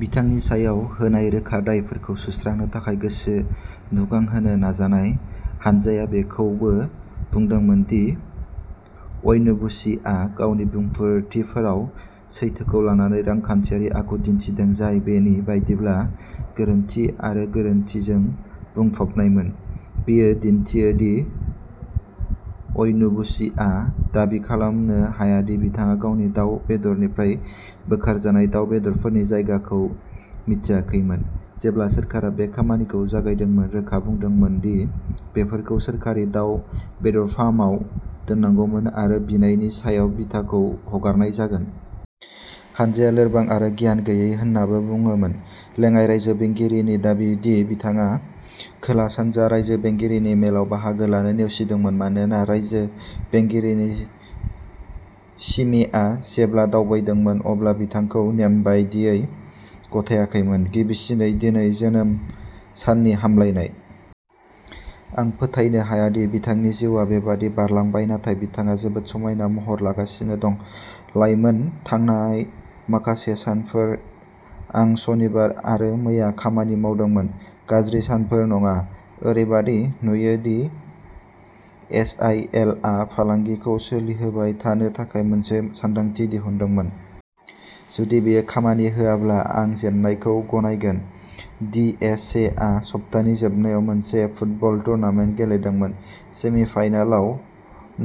बिथांनि सायाव होनाय रोखा दायफोरखौ सुस्रांनो थाखाय गोसो दुंखांहोनो नाजानाय। हानजाया बेखौबो बुंदोंमोन दि अन्येबुचिआ गावनि बिबुंथिफोराव सैथोखौ लानानै रांखान्थियारि आखु दिन्थिदों जाय बेनि बायदिब्ला गोरोन्थि आरो गोरोन्थिजों बुंफबनायमोन। बेयो दिन्थियो दि अन्येबुचिआ दाबि खालामनो हाया दि बिथाङा गावनि दाव बेदरनिफ्राय बोखारजानाय दाव बेदरफोरनि जायगाखौ मिथियाखैमोन जेब्ला सोरखारा बे खामानिखौ जागायदोंमोन रोखा बुंदोंमोन दि बेफोरखौ सोरखारि दाव बेदर फार्माव दोननांगौमोन आरो बिनायनि सायाव बिथांखौ हगारनाय जागोन। हानजाया "लोरबां आरो गियान गैयै" होन्नाबो बुंदोंमोन। लेङाइ रायजो बेंगिरिनि दाबि दि बिथाङा खोला-सानजा रायजो बेंगिरिनि मेलाव बाहागो लानो नेवसिदोंमोन मानोना रायजो बेंगिरि चिमेआ जेब्ला दावबायदोंमोन अब्ला बिथांखौ नेम बायदियै गथायाखैमोन। गिबिसिनै दिनै जोनोम साननि हामलायनाय। आं फोथायनो हाया दि बिथांनि जिउआ बेबादि बारलांबाय नाथाय बिथाङा जोबोद समायना महर लागासिनो दं। लाइमोन थांनाय माखासे सानफोर आं सनिबार आरो मैया खामानि मावदोंमोन। गाज्रि सानफोर नङा। ओरैबादि नुयो दि एस आइ एल आ फालांगिखौ सोलिहोबाय थानो थाखाय मोनसे सानदांथि दिहुनदोंमोन। जुदि बेयो खामानि होआब्ला आं जेननायखौ गनायगोन। डि. एस. से आ सप्तानि जोबनायाव मोनसे फुटबल टुर्नामेन्ट गेलेदोंमोन। सेमि-फाइनालाव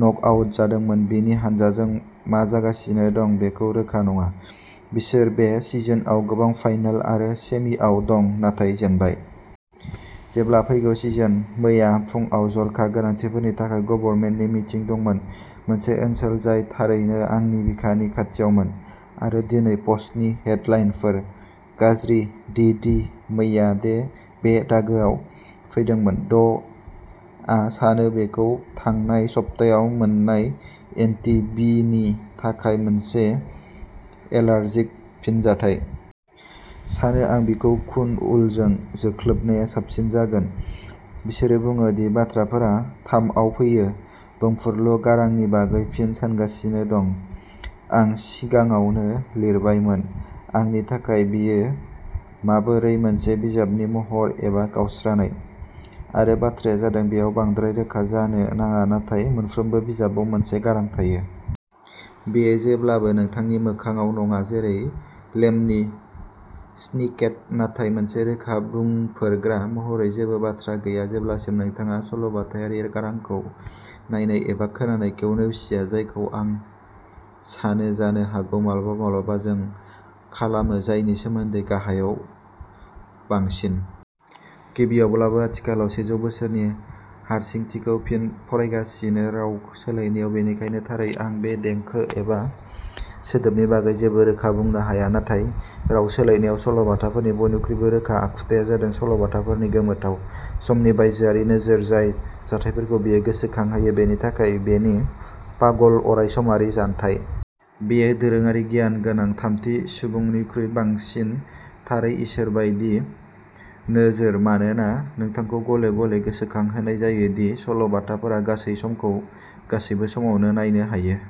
नकआउट जादोंमोन। बिनि हानजाजों मा जागासिनो दं बेखौ रोखा नङा। बिसोर बे सिजनआव गोबां फाइनाल आरो सेमिआव दं नाथाय जेनबाय। जेब्लाबो फैगौ सिजन। मैया फुंआव जर'खा गोनांथिफोरनि थाखाय गभर्नरनि मिटिं दंमोन। मोनसे ओनसोल जाय थारैनो आंनि बिखानि खाथियावमोन। आरो दिनैनि पस्टनि हेडलाइनफोर। गाज्रि डि डि मैया बे दागोआव फैदोंमोन ड. आ सानो बेयो थांनाय सप्तायाव मोननाय एन्टी बि नि थाखाय मोनसे एलार्जिक फिनजाथाय। सानो आं बिखौ खुन उलजों जोख्लोबनाया साबसिन जागोन बिसोरो बुङो दि बाथ्राफोरा थामआव फैयो। बुंफुरलु गारांनि बागै फिन सानगासिनो दं। आं सिगाङावनो लिरबायमोन। आंनि थाखाय बेयो माबोरै मोनसे बिजाबनि महर एबा गावस्रानाय। आरो बाथ्राया जादों बेयाव बांद्राय रोखा जानो नाङा नाथाय मोनफ्रोमबो बिजाबाव मोनसे गारां थायो। बेयो जेब्लाबो नोंथांनि मोखांआव नङा जेरै लेमनि स्निकेट नाथाय मोनसे रोखा बुंफोरग्रा महरै जेबो बाथ्रा गैया जेब्लासिम नोंथाङा सल'बाथायारि गारांखौ नायनाय एबा खोनानायखौ नेवसिया जायखौ आं सानो जानो हागौ माब्लाबा माब्लाबा जों खालामो जायनि सोमोन्दै गाहायाव बांसिन। गिबियावब्लाबो आथिखालाव सेजौ बोसोरनि हारसिंथिखौ फिन फरायगासिनो राव सोलायनायाव बेनिखायनो थारैनो आं देंखो एबा सोदोबनि बागै जेबो रोखा बुंनो हाया। नाथाय राव सोलायनायाव सल'बाथाफोरनि बयनिख्रुइबो रोखा आखुथाया जादों सल'बाथाफोरनि गोमोथाव, समनि बायजोआरि नोजोर जाय जाथायफोरखौ बेयो गोसोखांहोयो बेनि थाखाय बेनि पागल अरायसमारि जानथाय। बेयो दोरोङारि गियान गोनां थामथि सुबुंनिख्रुइ बांसिन थारै इसोर बायदि नोजोर मानोना नोंथांखौ गले गले गोसोखांहोनाय जायो दि सल'बाथाफोरा गासै समखौ गासैबो समावनो नायनो हायो।